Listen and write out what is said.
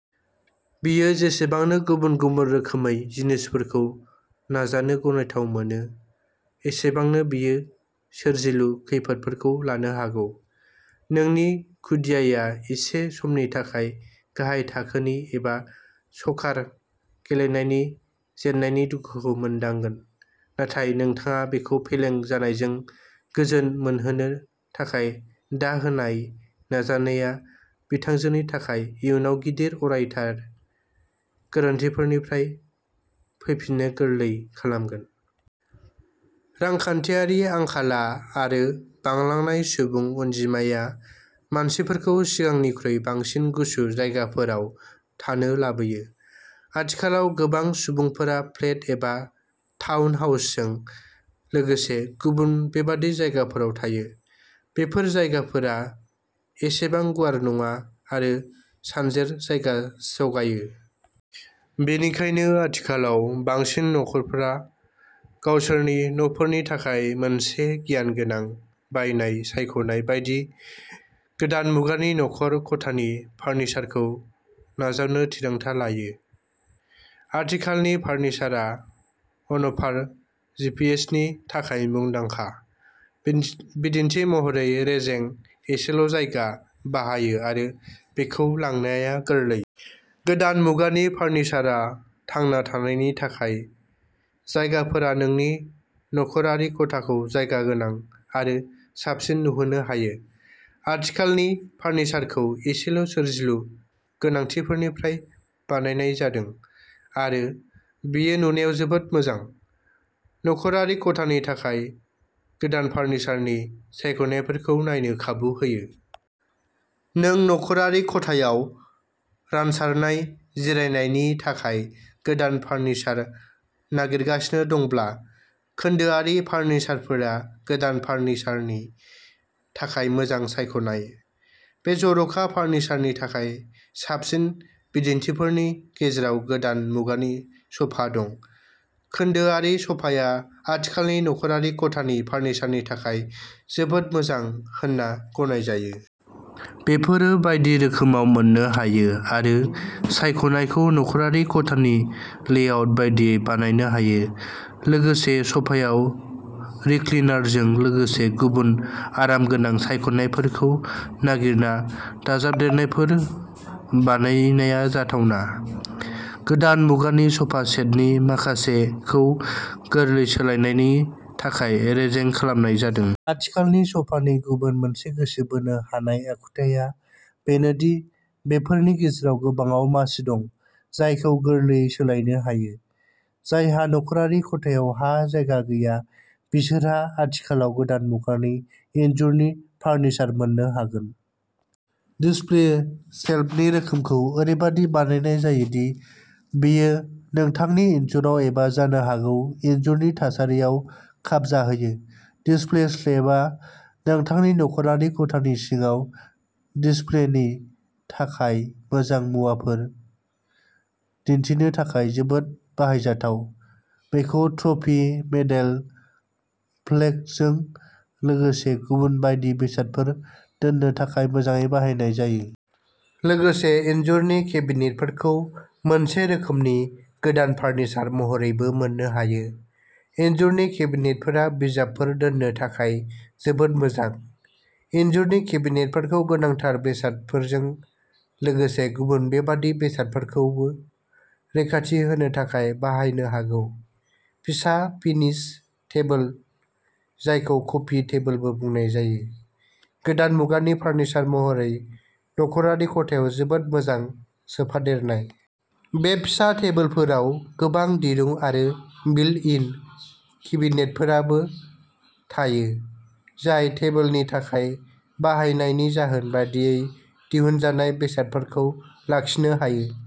बियो जेसेबांनो गुबुन-गुबुन रोखोमै जिनिसफोरखौ नाजानो गनायथाव मोनो, एसेबांनो बियो सोरजिलु खैफोदफोरखौ लानो हागौ। नोंनि खुदियाया एसे समनि थाखाय गाहाय थाखोनि एबा सकार गेलेनायनि जेननायनि दुखुखौ मोनदांगोन, नाथाय नोंथाङा बिखौ फेलें जानायजों गोजोन मोनहोनो थाखाय दा होनाय नाजानाया बिथांजोनि थाखाय इयुनाव गिदिर अरथाय गोरोन्थिफोरनिफ्राय फैफिननो गोरलै खालामगोन। रांखान्थियारि आंखाला आरो बांलांनाय सुबुं अनजिमाया मानसिफोरखौ सिगांनिख्रुइ बांसिन गुसुं जायगाफोराव थानो लाबोयो। आथिखालाव गोबां सुबुंफोरा फ्लेट एबा टाउन हाउसजों लोगोसे गुबुन बेबादि जायगाफोराव थायो। बेफोर जायगाफोरा एसेबां गुवार नङा आरो सानजेर जायगा जगायो। बेनिखायनो आथिखालाव बांसिन नखरफोरा गावसोरनि नफोरनि थाखाय मोनसे गियानगोनां बायनाय सायख'नाय बायदि गोदान मुगानि नखर खथानि फार्निचारखौ नाजावनो थिरांथा लायो। आथिखालनि फार्निचारआ अनपार जिपिएसनि थाखाय मुंदांखा, बिनथि बिदिन्थि महरै रेजें, एसेल' जायगा बाहायो आरो बेखौ लांनाया गोरलै। गोदान मुगानि फार्निचारआ थांना थानायनि थाखाय। जायगाफोरा नोंनि नखरारि खथाखौ जायगा गोनां आरो साबसिन नुहोनो हायो। आथिखालनि फार्निचारखौ एसेल' सोरजिलु गोनांथिफोरनिफ्राय बानायनाय जादों आरो बेयो नुनायाव जोबोद मोजां। नखरारि खथानि थाखाय गोदान फार्निचारनि सायख'नायफोरखौ नायनो खाबु होयो। नों नखरारि खथायाव रानसारनाय जिरायनायनि थाखाय गोदान फार्निचार नागिरगासिनो दंब्ला खोन्दोआरि फार्निचारफोरा गोदान फार्निचारनि थाखाय मोजां सायख'नाय। बे जर'खा फार्निचारनि थाखाय साबसिन बिदिन्थिफोरनि गेजेराव गोदान मुगानि सफा दं। खोन्दोआरि सफाया आथिखालनि नखरारि खथानि फार्निचारनि थाखाय जोबोद मोजां होनना गनायजायो। बेफोरो बायदि रोखोमाव मोननो हायो आरो सायख'नायखौ नखरारि खथानि लेआउट बायदियै बानायनो हायो। लोगोसे सफायाव रिक्लिनारजों लोगोसे गुबुन आरामगोनां सायख'नायफोरखौ नागिरना दाजाबदेरनायफोर बानायनाया जाथावना। गोदान मुगानि सफा सेटनि माखासेखौ गोरलै सोलायनायनि थाखाय रेजें खालामनाय जादों। आथिखालनि सफानि गुबुन मोनसे गोसो बोनो हानाय आखुथाया बेनो दि बेफोरनि गेजेराव गोबांआव मासि दं जायखौ गोरलैयै सोलायनो हायो। जायहा नख'रारि खथायाव हा जायगा गैया, बिसोरहा आथिखालाव गोदान मुगानि इनजुरनि फार्निचार मोननो हागोन। डिसप्ले शेल्फनि रोखोमखौ ओरैबायदि बानायनाय जायो दि बेयो नोंथांनि इनजुराव एबा जानो हागौ इनजुरनि थासारियाव खाबजाहोयो। डिसप्ले शेल्फआ नोंथांनि नख'रारि खथानि सिङाव डिसप्लेनि थाखाय मोजां मुवाफोर दिन्थिनो थाखाय जोबोद बाहायजाथाव। बेखौ ट्रफी, मेडेल, प्लेकजों लोगोसे गुबुन बायदि बेसादफोर दोननो थाखाय मोजाङै बाहायनो हायो। लोगोसे इनजुरनि केबिनेटफोरखौ मोनसे रोखोमनि गोदान फार्निचार महरैबो मोननो हायो। इनजुरनि केबिनेटफोरा बिजाबफोर दोननो थाखाय जोबोद मोजां। इनजुरनि केबिनेटफोरखौ गोनांथार बेसादफोरजों लोगोसे गुबुन बेबादि बेसादफोरखौबो रैखाथि होनो थाखाय बाहायनो हागौ। फिसा फिनिश टेबल जायखौ कफि टेबलबो बुंनाय जायो, गोदान मुगानि फार्निचार महरै नखरारि खथायाव जोबोद मोजां सोफादेरनाय। बे फिसा टेबोलफोराव गोबां दिरुं आरो बिल्ट-इन केबिनेटफोराबो थायो, जाय टेबोलनि थाखाय बाहायनायनि जाहोन बायदियै दिहुनजानाय बेसादफोरखौ लाखिनो हायो।